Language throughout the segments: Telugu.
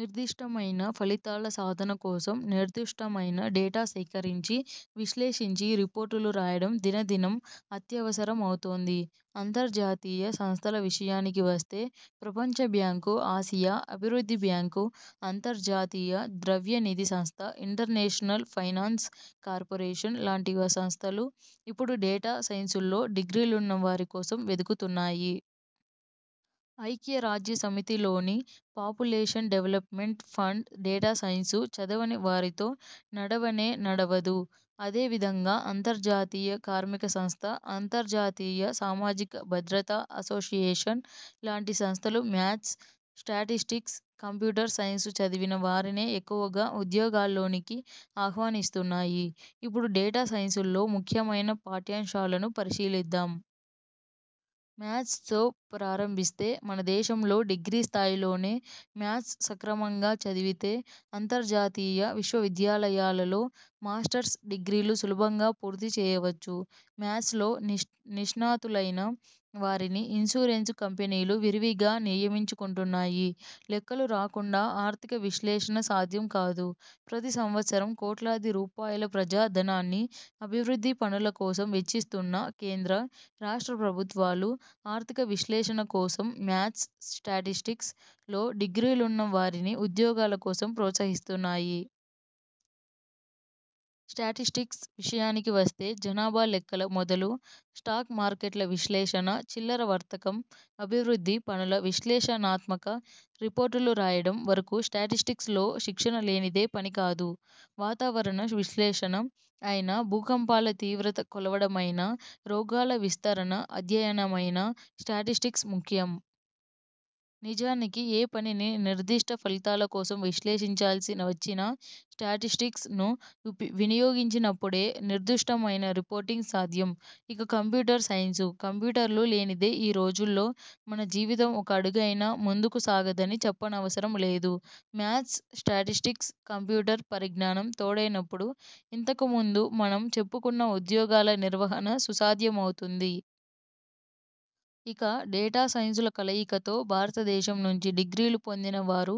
నిర్దిష్టమైన ఫలితాల సాధన కోసం, నిర్దుష్టమైన డేటా సేకరించి, విశ్లేషించి రిపోర్టులు రాయడం దినదినం అత్యవసరమవుతోంది. అంతర్జాతీయ సంస్థల విషయానికి వస్తే ప్రపంచ బ్యాంకు, ఆసియా అభివృద్ధి బ్యాంకు, అంతర్జాతీయ ద్రవ్య నిధి సంస్థ, ఇంటర్నేషనల్ ఫైనాన్స్ కార్పొరేషన్ లాంటి సంస్థలు ఇప్పుడు డేటా సైన్సుల్లో డిగ్రీలున్నవారి కోసం వెదుకుతున్నాయి. ఐక్యరాజ్యసమితిలోని పాపులేషన్ డెవలప్మెంట్ ఫండ్ డేటాసైన్సు చదవని వారితో నడవనే నడవదు. అదే విధంగా అంతర్జాతీయ కార్మిక సంస్థ, అంతర్జాతీయ సామాజిక భద్రతా అసోసియేషన్ లాంటి సంస్థలు మ్యాథ్స్, స్టాటిస్టిక్స్, కంప్యూటర్ సైన్సు చదివిన వారినే ఎక్కువగా ఉద్యోగాల్లోనికి ఆహ్వానిస్తున్నాయి. ఇప్పుడు డేటా సైన్సుల్లో ముఖ్యమైన పాఠ్యాంశాలను పరిశీలిద్దాం. మ్యాథ్స్ తో ప్రారంభిస్తే, మన దేశంలో డిగ్రీ స్థాయిలోనే మ్యాథ్స్ సక్రమంగా చదివితే అంతర్జాతీయ విశ్వవిద్యాలయాలలో మాస్టర్స్ డిగ్రీలు సులభంగా పూర్తి చేయవచ్చు. మ్యాథ్స్లో నిష్ణాతులైన వారిని ఇన్సూరెన్సు కంపెనీలు విరివిగా నియమించుకుంటున్నాయి. లెక్కలు రాకుండా ఆర్థిక విశ్లేషణ సాధ్యం కాదు. ప్రతి సంవత్సరం కోట్లాది రూపాయల ప్రజా ధనాన్ని అభివృద్ధి పనుల కోసం వెచ్చిస్తున్న కేంద్ర, రాష్ట్ర ప్రభుత్వాలు ఆర్థిక విశ్లేషణ కోసం మ్యాథ్స్, స్టాటిస్టిక్స్ లో డిగ్రీలున్న వారిని ఉద్యోగాల కోసం ప్రోత్సహిస్తున్నాయి. స్టాటిస్టిక్స్ విషయానికి వస్తే జనాభా లెక్కల మొదలు, స్టాక్ మార్కెట్ల విశ్లేషణ, చిల్లర వర్తకం, అభివృద్ధి పనుల విశ్లేషణాత్మక రిపోర్టులు రాయడం వరకు స్టాటిస్టిక్స్ లో శిక్షణ లేనిదే పని కాదు. వాతావరణ విశ్లేషణ అయినా, భూకంపాల తీవ్రత కొలవడమైనా, రోగాల విస్తరణ అధ్యయనమైనా స్టాటిస్టిక్స్ ముఖ్యం. నిజానికి ఏ పనిని నిర్దిష్ట ఫలితాల కోసం విశ్లేషించాల్సి వచ్చినా స్టాటిస్టిక్స్ ను వినియోగించినప్పుడే నిర్దుష్టమైన రిపోర్టింగ్ సాధ్యం. ఇక కంప్యూటర్ సైన్సు, కంప్యూటర్లు లేనిదే ఈ రోజుల్లో మన జీవితం ఒక అడుగైనా ముందుకు సాగదని చెప్పనవసరం లేదు. మ్యాథ్స్, స్టాటిస్టిక్స్, కంప్యూ టర్ పరిజ్ఞానం తోడైనప్పుడు ఇంతకుముందు మనం చెప్పుకున్న ఉద్యోగాల నిర్వహణ సుసాధ్యమవుతుంది. ఇక డేటా సైన్సుల కలయికతో భారతదేశం నుంచి డిగ్రీలు పొందిన వారు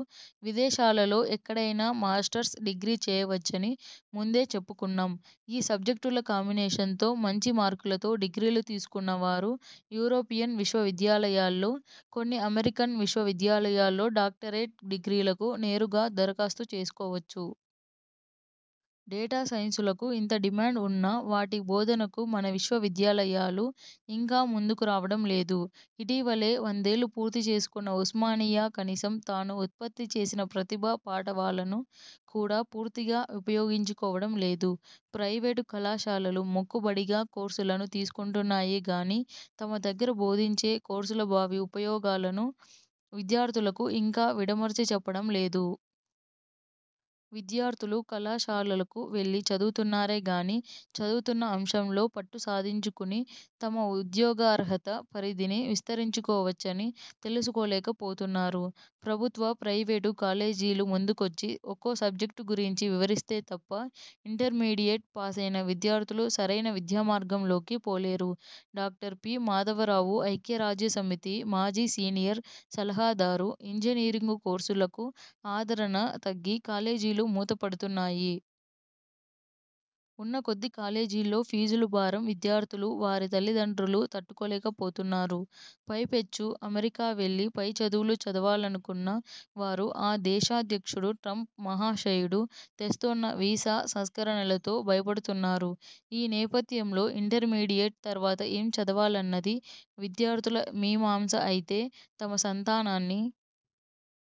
విదేశాలలో ఎక్కడైనా మాస్టర్స్ డిగ్రీ చేయవచ్చని ముందే చెప్పుకున్నాం. ఈ సబ్జెక్టుల కాంబినేషన్తో మంచి మార్కులతో డిగ్రీలు తీసుకున్న వారు, యూరోపియన్ విశ్వవిద్యాలయాల్లో, కొన్ని అమెరికన్ విశ్వవిద్యాలయాల్లో డాక్టరేట్ డిగ్రీలకు నేరుగా దరఖాస్తు చేసుకోవచ్చు. డేటా సైన్సులకు ఇంత డిమాండ్ ఉన్నా వాటి బోధనకు మన విశ్వవిద్యాలయాలు ఇంకా ముందుకు రావడం లేదు. ఇటీవలే వందేళ్ళు పూర్తి చేసుకున్న ఉస్మానియా కనీసం తాను ఉత్పత్తి చేసిన ప్రతిభా పాటవాలను కూడా పూర్తిగా ఉపయోగించుకోవడం లేదు. ప్రైవేటు కళాశాలలు మొక్కుబడిగా కోర్సులను తీసుకుంటున్నాయే గానీ, తమ దగ్గర బోధించే కోర్సుల భావి ఉపయోగాలను విద్యార్థులకు ఇంకా విడమర్చి చెప్పడం లేదు. విద్యార్థులు కళాశాలలకు వెళ్ళి చదువుతున్నారే గానీ, చదువుతున్న అంశంలో పట్టు సాధించుకుని తమ ఉద్యోగార్హత పరిధిని విస్తరించుకోవచ్చని తెలుసుకోలేక పోతున్నారు. ప్రభుత్వ, ప్రైవేటు కాలేజీలు ముందుకొచ్చి ఒక్కో సబ్జెక్టు గురించి వివరిస్తే తప్ప ఇంటర్మీడియెట్ పాసైన విద్యార్థులు సరైన విద్యామార్గంలోకి పోలేరు. Doctor P. మాధవరావు ఐక్యరాజ్యసమితి మాజీ సీనియర్ సలహాదారు ఇంజనీరింగు కోర్సులకు ఆదరణ తగ్గి కాలేజీలు మూతపడుతున్నాయి. ఉన్న కొద్ది కాలేజీల్లో ఫీజులు భారం విద్యార్థులూ, వారి తల్లి దండ్రులూ తట్టుకోలేకపోతున్నారు. పైపెచ్చు అమెరికా వెళ్లి పై చదువులు చదవాలనుకున్న వారు ఆ దేశాధ్యక్షుడు ట్రంప్ మహాశయుడు తెస్తోన్న వీసా సంస్కరణలతో భయపడుతున్నారు. ఈ నేపథ్యంలో, ఇంటర్మీడియెట్ తర్వాత ఏం చదవాలన్నది విద్యార్థుల మీమాంస అయితే, తమ సంతానాన్ని